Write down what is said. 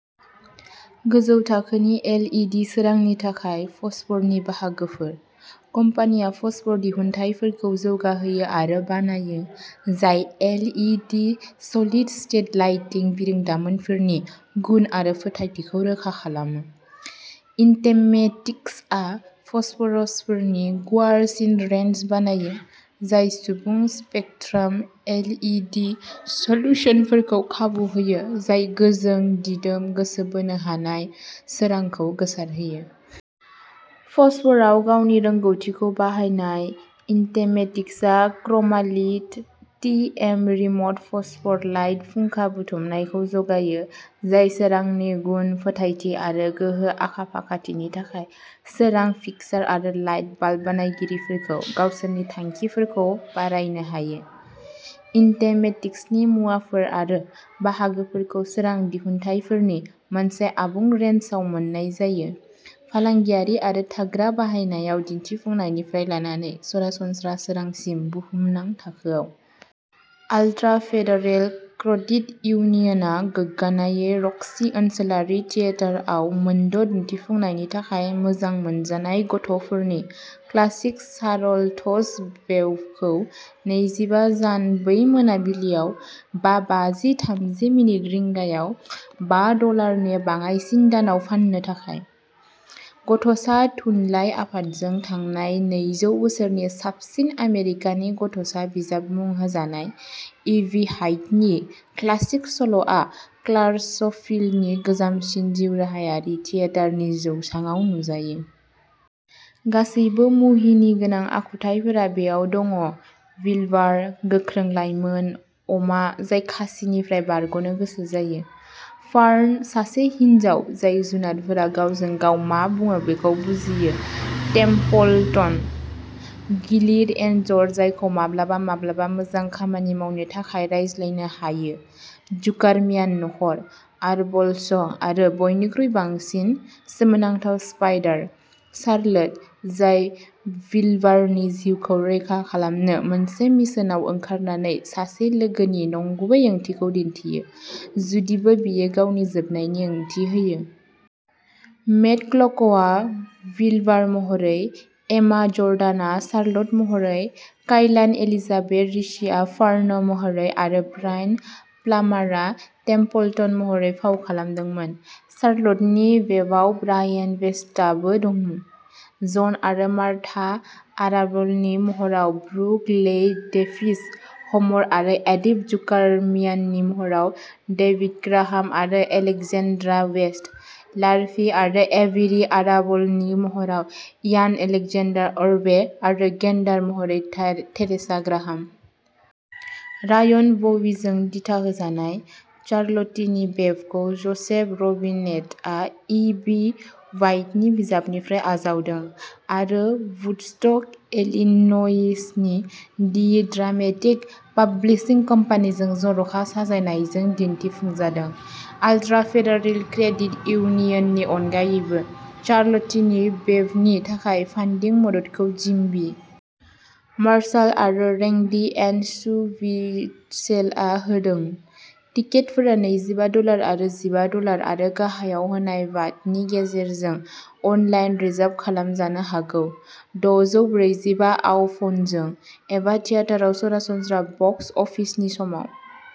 गोजौ थाखोनि L E D सोरांनि थाखाय फस्फरनि बाहागोफोर। कम्पानिया फस्फर दिहुनथायफोरखौ जौगाहोयो आरो बानायो जाय L E D solid state lighting बिरोंदामिनफोरनि गुन आरो फोथायथिखौ रोखा खालामो। इन्टेमेटिक्सआ फस्फरफोरनि गुवारसिन रेन्ज बानायो, जाय आबुं स्पेकट्राम एल इ डि सल्युसनफोरखौ खाबु होयो जाय गोजों, दिदोम, गोसो बोनो हानाय सोरांखौ गोसारहोयो। फस्फरआव गावनि रोंग'थिखौ बाहायना, इन्टेमेटिक्सआ ChromaLit T M remote phosphor light फुंखा बुथुमनायखौ जगायो जाय सोरांनि गुन, फोथायथि आरो गोहो आखाफाखाथिनि थाखाय सोरां फिक्सार आरो लाइट बाल्ब बानायगिरिफोरखौ गावसोरनि थांखिफोरखौ बारायनो हायो। इन्टेमेटिक्सनि मुवाफोर आरो बाहागोफोरखौ सोरां दिहुनथायफोरनि मोनसे आबुं रेन्जआव मोन्नाय जायो फालांगियारि आरो थाग्रा बाहायनायाव दिन्थिफुंनायनिफ्राय लानानै सरासनस्रा सोरांसिम बुहुमनां थाखोआव। आल्ट्रा फेडारेल क्रेडिट इउनियना गोग्गानायै र'क्सी ओनसोलारि थियेटारआव मोनद' दिन्थिफुंनायनि थाखाय मोजां मोनजानाय गथ'फोरनि क्लासिक सारलथस वेबखौ नैजिबा जान बै मोनाबिलियाव बा बाजि थामजि मिनिट रिंगायाव बा डलारनि बाङाइसिन दानआव फान्नो थाखाय। गथ'सा थुनलाइ आफादजों थांनाय नैजौ बोसोरनि साबसिन आमेरिकानि गथ'सा बिजाब मुं होजानाय, इ बि ह्वाइटनि क्लासिक सल'आ क्लार्कसभिलनि गोजामसिन जिउराहायारि थियेटारनि जौसाङाव नुजायो। गासैबो मुहिनिगोनां आखुथाइफोरा बेवहाय दङ विल्बार, गोख्रों लाइमोन अमा जाय खासिनिफ्राय बारग'नो गोसो जायो। फार्न, सासे हिनजाव जाय जुनारफोरा गावजों-गाव मा बुङो बेखौ बुजियो टेम्पलटन, गिलिर एनजर जायखौ माब्लाबा-माब्लाबा मोजां खामानि मावनो थाखाय रायज्लायनो हायो जुकारम्यान नखर, आरबल्स, आरो बयनिख्रुइबो बांसिन, सोमोनांथाव स्पाइडार, शार्लट, जाय विल्बारनि जिउखौ रैखा खालामनो मोनसे मिशनआव ओंखारनानै सासे लोगोनि नंगुबै ओंथिखौ दिन्थियो, जुदिबो बेयो गावनि जोबनायनि ओंथि होयो। मेट फ्ल'क'आ विल्बार महरै, एमा जर्डानआ शार्लट महरै, काइलान एलिजाबेथ रिचीआ फार्न महरै आरो ब्रायन प्लामारआ टेम्पलटन महरै फाव खालामदोंमोन, चार्ल'टनि वेबआव ब्रायन बेस्टआबो दं। जन आरो मार्था आराबलनि महराव ब्रुक लेइ डेभिस, ह'मर आरो एडिथ जुकारम्याननि महराव डेभिड ग्राहाम आरो एलेक्जेन्ड्रा वेस्ट, लार्भि आरो एभेरि आराबलनि महराव इयान एलेक्जेन्डार एरबे, आरो गेन्डार महरै थेरेसा ग्राहाम। रायन बवीजों दिथाहोजानाय, चार्ल'ट्टीनि वेबखौ ज'सेफ रबिनेटआ इ बी व्हाइटनि बिजाबनिफ्राय आजावदों, आरो वुडस्टक, इलिन'इसनि दि ड्रामेटिक पाब्लिशिं कम्पानिजों जर'खा साजायनायजों दिन्थिफुंजादों। आल्ट्रा फेडारेल क्रेडिट इउनियननि अनगायैबो, चार्ल'ट्टीनि वेबनि थाखाय फान्डिं मददखौ जिम बी. मार्शाल आरो रेंडी एन्ड सु व्हीटसेलआ होदों। टिकेटफोरा नैजिबा डलार आरो जिबा डलार आरो गाहायाव होनाय बाटननि गेजेरजों अनलाइन रिजार्भ खालामजानो हागौ, दजौ ब्रैजिबा आव फनजों, एबा थियेटारआव सरासनस्रा बक्स अफिसनि समाव।